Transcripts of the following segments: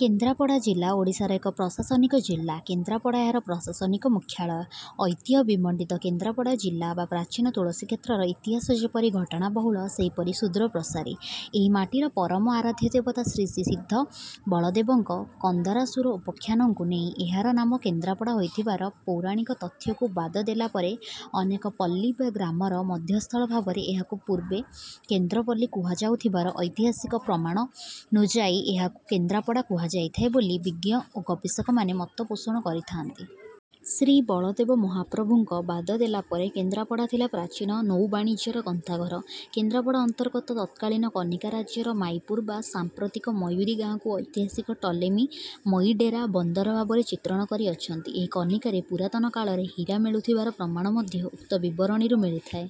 କେନ୍ଦ୍ରାପଡ଼ା ଜିଲ୍ଲା ଓଡ଼ିଶାର ଏକ ପ୍ରଶାସନିକ ଜିଲ୍ଲା। କେନ୍ଦ୍ରାପଡ଼ା ଏହାର ପ୍ରଶାସନିକ ମୁଖ୍ୟାଳୟ। ଐତିହ୍ୟ ବିମଣ୍ଡିତ କେନ୍ଦ୍ରାପଡ଼ା ଜିଲ୍ଲା ବା ପ୍ରାଚୀନ ତୁଳସୀକ୍ଷେତ୍ରର ଇତିହାସ ଯେପରି ଘଟଣାବହୁଳ ସେହିପରି ସୁଦୂରପ୍ରସାରୀ। ଏହି ମାଟିର ପରମ ଆରାଧ୍ୟ ଦେବତା ଶ୍ରୀ ଶ୍ରୀ ସିଦ୍ଧ ବଳଦେବଙ୍କ କନ୍ଦରାସୁର ଉପାଖ୍ୟାନଙ୍କୁ ନେଇ ଏହାର ନାମ କେନ୍ଦ୍ରାପଡ଼ା ହୋଇଥିବାର ପୌରାଣିକ ତଥ୍ୟକୁ ବାଦ ଦେଲାପରେ ଅନେକ ପଲ୍ଲୀ ବା ଗ୍ରାମର ମଧ୍ୟସ୍ଥଳ ଭାବରେ ଏହାକୁ ପୂର୍ବେ କେନ୍ଦ୍ରପଲ୍ଲୀ କୁହାଯାଉଥିବାର ଐତିହାସିକ ପ୍ରମାଣନୁଯାୟୀ ଏହାକୁ କେନ୍ଦ୍ରାପଡ଼ା କୁହାଯାଇଥାଏ ବୋଲି ବିଜ୍ଞ ଓ ଗବେଷକ ମାନେ ମତ ପୋଷଣ କରିଥାଆନ୍ତି। ଶ୍ରୀ ବଳଦେବ ମହାପ୍ରଭୁଙ୍କୁ ବାଦ ଦେଲାପରେ କେନ୍ଦ୍ରାପଡ଼ା ଥିଲା ପ୍ରାଚୀନ ନୌବାଣିଜ୍ୟର ଗନ୍ତାଘର। କେନ୍ଦ୍ରାପଡ଼ା ଅନ୍ତର୍ଗତ ତତ୍କାଳୀନ କନିକା ରାଜ୍ୟର ମାଈପୁର ବା ସାଂପ୍ରତିକ ମୟୁରୀ ଗାଁକୁ ଐତିହାସିକ ଟଲେମୀ ମୟୀଡ଼େରା ବନ୍ଦର ଭାବରେ ଚିତ୍ରଣ କରି ଅଛନ୍ତି। ଏହି କନିକାରେ ପୁରାତନକାଳରେ ହୀରା ମିଳୁଥିବାର ପ୍ରମାଣ ମଧ୍ୟ ଉକ୍ତ ବିବରଣୀରୁ ମିଳିଥାଏ।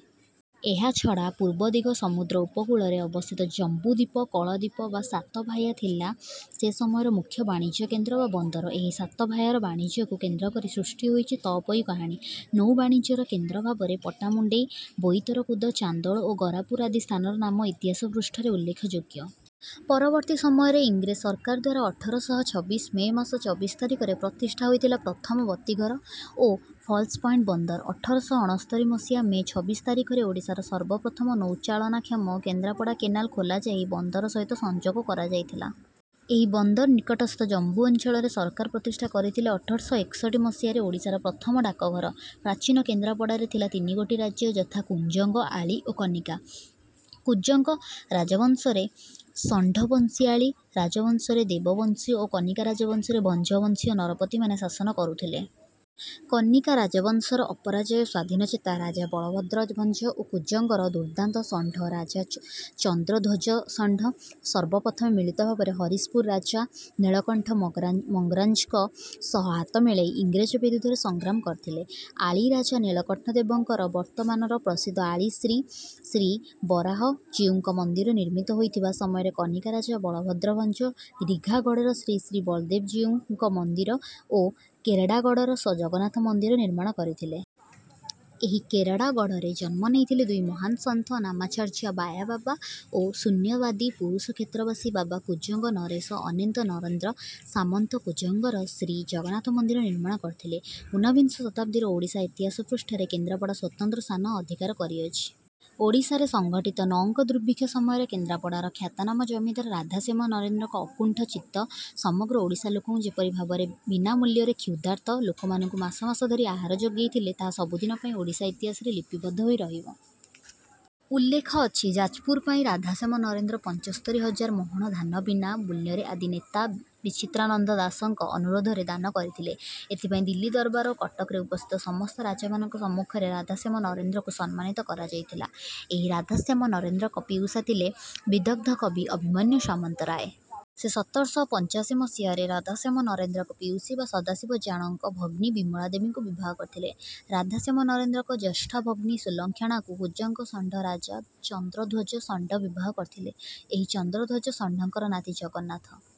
ଏହାଛଡା ପୂର୍ବଦିଗ ସମୁଦ୍ର ଉପକୂଳରେ ଅବସ୍ଥିତ ଜମ୍ବୁ ଦୀପ କଳଦୀପ ବା ସାତଭାୟା ଥିଲା ସେ ସମୟର ମୁଖ୍ୟ ବାଣିଜ୍ୟକେନ୍ଦ୍ର ବା ବନ୍ଦର। ଏହି ସାତଭାୟାର ବାଣିଜ୍ୟକୁ କେନ୍ଦ୍ର କରି ସୃଷ୍ଟି ହୋଇଛି ତଅପୋଇ କାହାଣୀ। ନୌବାଣିଜ୍ୟର କେନ୍ଦ୍ର ଭାବରେ ପଟ୍ଟାମୁଣ୍ଡେଇ ବୋଇତରକୁଦ ଚାନ୍ଦୋଳ ଓ ଗରାପୁର ଆଦି ସ୍ଥାନର ନାମ ଇତିହାସ ପୃଷ୍ଠାରେ ଉଲ୍ଲେଖଯୋଗ୍ୟ। ପରବର୍ତୀ ସମୟରେ ଇଂରେଜ ସରକାରଦ୍ୱାରା ଅଠର ଶହ ଛବିଶ ମେ ମାସ ଚବିଶ ତାରିଖରେ ପ୍ରତିଷ୍ଠା ହୋଇଥିଲା ପ୍ରଥମ ବତୀଘର ଓ ଫଲ୍ସ ପଏଣ୍ଟ ବନ୍ଦର। ଅଠର ଶହ ଅଣସ୍ତରି ମସିହା ମେ ଛବିଶ ତାରିଖରେ ଓଡ଼ିଶାର ସର୍ବପ୍ରଥମ ନୌଚାଳନାକ୍ଷମ କେନ୍ଦ୍ରାପଡ଼ା କେନାଲ ଖୋଲାଯାଇ ବନ୍ଦର ସହିତ ସଂଯୋଗ କରଯାଇଥିଲା। ଏହି ବନ୍ଦର ନିକଟସ୍ଥ ଜମ୍ବୁ ଅଞ୍ଚଳରେ ସରକାର ପ୍ରତିଷ୍ଠା କରିଥିଲେ ଅଠର ଶହ ଏକଷଠି ମସିହାରେ ଓଡ଼ିଶାରେ ପ୍ରଥମ ଡାକଘର। ପ୍ରାଚୀନ କେନ୍ଦ୍ରପଡ଼ାରେ ଥିଲା ତିନିଗୋଟି ରାଜ୍ୟ ଯଥା କୁଜଙ୍ଗ ଆଳି ଓ କନିକା। କୁଜଙ୍ଗ ରାଜବଂଶରେ ଷଣ୍ଢବଂଶୀୟଆଳି ରାଜବଂଶରେ ଦେବବଂଶୀୟ ଓ କନିକା ରାଜବଂଶରେ ଭଞ୍ଜ ବଂଶୀୟ ନରପତିମାନେ ଶାସନ କରୁଥିଲେ। କନିକା ରାଜବଂଶର ଅପରାଜୟ ସ୍ୱାଧୀନଚେତା ରାଜା ବଳଭଦ୍ରଭଞ୍ଜ ଓ କୁଜଙ୍ଗର ଦୁର୍ଦାନ୍ତ ଷଣ୍ଢ ରାଜା ଚନ୍ଦ୍ରଧ୍ୱଜଷଣ୍ଢ ସର୍ବପ୍ରଥମେ ମିଳିତ ଭାବରେ ହରିଶପୁର ରାଜା ନୀଳକଣ୍ଠ ମଙ୍ଗରା ମଙ୍ଗରାଜଙ୍କ ସହ ହାତ ମିଳେଇ ଇଂରେଜ ବିରୁଦ୍ଧରେ ସଂଗ୍ରାମ କରିଥିଲେ। ଆଳି ରାଜା ନୀଳକଣ୍ଠ ଦେବଙ୍କର ବର୍ତମାନର ପ୍ରସିଦ୍ଧ ଆଳି ଶ୍ରୀ ଶ୍ରୀ ବରାହଜିଉଙ୍କ ମନ୍ଦିର ନିର୍ମିତ ହୋଇଥିବା ସମୟରେ କନିକା ରାଜା ବଳଭଦ୍ରଭଞ୍ଜ ରିଘାଗଡର ଶ୍ରୀ ଶ୍ରୀ ବଳଦେବଜୀଉଙ୍କ ମନ୍ଦିର ଓ କେରଡାଗଡର ଜଗନ୍ନାଥ ମନ୍ଦିର ନିର୍ମାଣ କରିଥିଲେ। ଏହି କେରଡାଗଡରେ ଜନ୍ମ ନେଇଥିଲେ ଦୁଇ ମହାନ ସନ୍ଥ ନାମାଚାର୍ଯା ବାୟାବାବା ଓ ଶୂନ୍ୟବାଦୀ ପୁରୁଷ କ୍ଷେତ୍ରବାସୀ ବାବା କୁଜଙ୍ଗ ନରେଶ ଅନନ୍ତ ନରେନ୍ଦ୍ର ସାମନ୍ତ କୁଜଙ୍ଗର ଶ୍ରୀ ଜଗନ୍ନାଥ ମନ୍ଦିର ନିର୍ମାଣ କରିଥିଲେ। ଉନ୍ନବିଂଶ ଶତାବ୍ଦୀର ଓଡ଼ିଶା ଇତିହାସ ପୃଷ୍ଠାରେ କେନ୍ଦ୍ରାପଡ଼ା ସ୍ୱତନ୍ତ୍ର ସ୍ଥାନ ଅଧିକାର କରିଅଛି। ଓଡ଼ିଶାରେ ସଂଗଠିତ ନଅଙ୍କ ଦୁର୍ଭିକ୍ଷ ସମୟରେ କେନ୍ଦ୍ରାପଡ଼ାର ଖ୍ୟାତନାମା ଜମିଦାର ରାଧାଶ୍ୟାମ ନରେନ୍ଦ୍ରଙ୍କ ଅକୁଣ୍ଠ ଚିତ୍ତ ସମଗ୍ର ଓଡ଼ିଶା ଲୋକଙ୍କୁ ଯେପରି ଭାବରେ ବୀନା ମୂଲ୍ୟରେ କ୍ଷ୍ଯୁଦାର୍ତ ଲୋକମାନଙ୍କୁ ମାସ ମାସ ଧରି ଆହାର ଯୋଗେଇ ଥିଲେ ତାହା ସବୁଦିନ ପାଇଁ ଓଡ଼ିଶା ଇତିହାସରେ ଲିପିବଦ୍ଧ ହୋଇ ରହିବ। ଉଲ୍ଲେଖ ଅଛି ଯାଜପୁର ପାଇଁ ରାଧାଶ୍ୟାମ ନରେନ୍ଦ୍ର ପଞ୍ଚସ୍ତରୀ ହଜାର ମହଣ ଧାନ ବୀନା ମୂଲ୍ୟରେ ଆଦି ନେତା ବିଚିତ୍ରାନନ୍ଦ ଦାସଙ୍କ ଅନୁରୋଧରେ ଦାନ କରିଥିଲେ। ଏଥିପାଇଁ ଦିଲ୍ଲୀ ଦରବାର ଓ କଟକରେ ଉପସ୍ଥିତ ସମସ୍ତ ରାଜାମାନଙ୍କ ସମ୍ମୁଖରେ ରାଧାଶ୍ୟାମ ନରେନ୍ଦ୍ରଙ୍କୁ ସମ୍ମାନିତ କରଯାଇଥିଲା। ଏହି ରାଧାଶ୍ୟାମ ନରେନ୍ଦ୍ରଙ୍କ ପିଉସା ଥିଲେ ବିଦଗ୍ଧ କବି ଅଭିମନ୍ୟୁ ସାମନ୍ତରାୟ। ସେ ସତର ଶହ ପଞ୍ଚାଶି ମସିହାରେ ରାଧାଶ୍ୟାମ ନରେନ୍ଦ୍ରଙ୍କ ପିଉସୀ ବା ସଦାଶିବ ଜାଣ ଙ୍କ ଭଗ୍ନୀ ବିମଳା ଦେବୀଙ୍କୁ ବିବାହ କରିଥିଲେ। ରାଧାଶ୍ୟାମ ନରେନ୍ଦ୍ରଙ୍କ ଜ୍ୟଷ୍ଠା ଭଗ୍ନୀ ସୁଲକ୍ଷଣାଙ୍କୁ କୁଜଙ୍ଗ ଷଣ୍ଢ ରାଜା ଚନ୍ଦ୍ରଧ୍ୱଜ ଷଣ୍ଢ ବିବାହ କରିଥିଲେ। ଏହି ଚନ୍ଦ୍ରଧ୍ୱଜ ଷଣ୍ଢଙ୍କର ନାତି ଜଗନ୍ନାଥ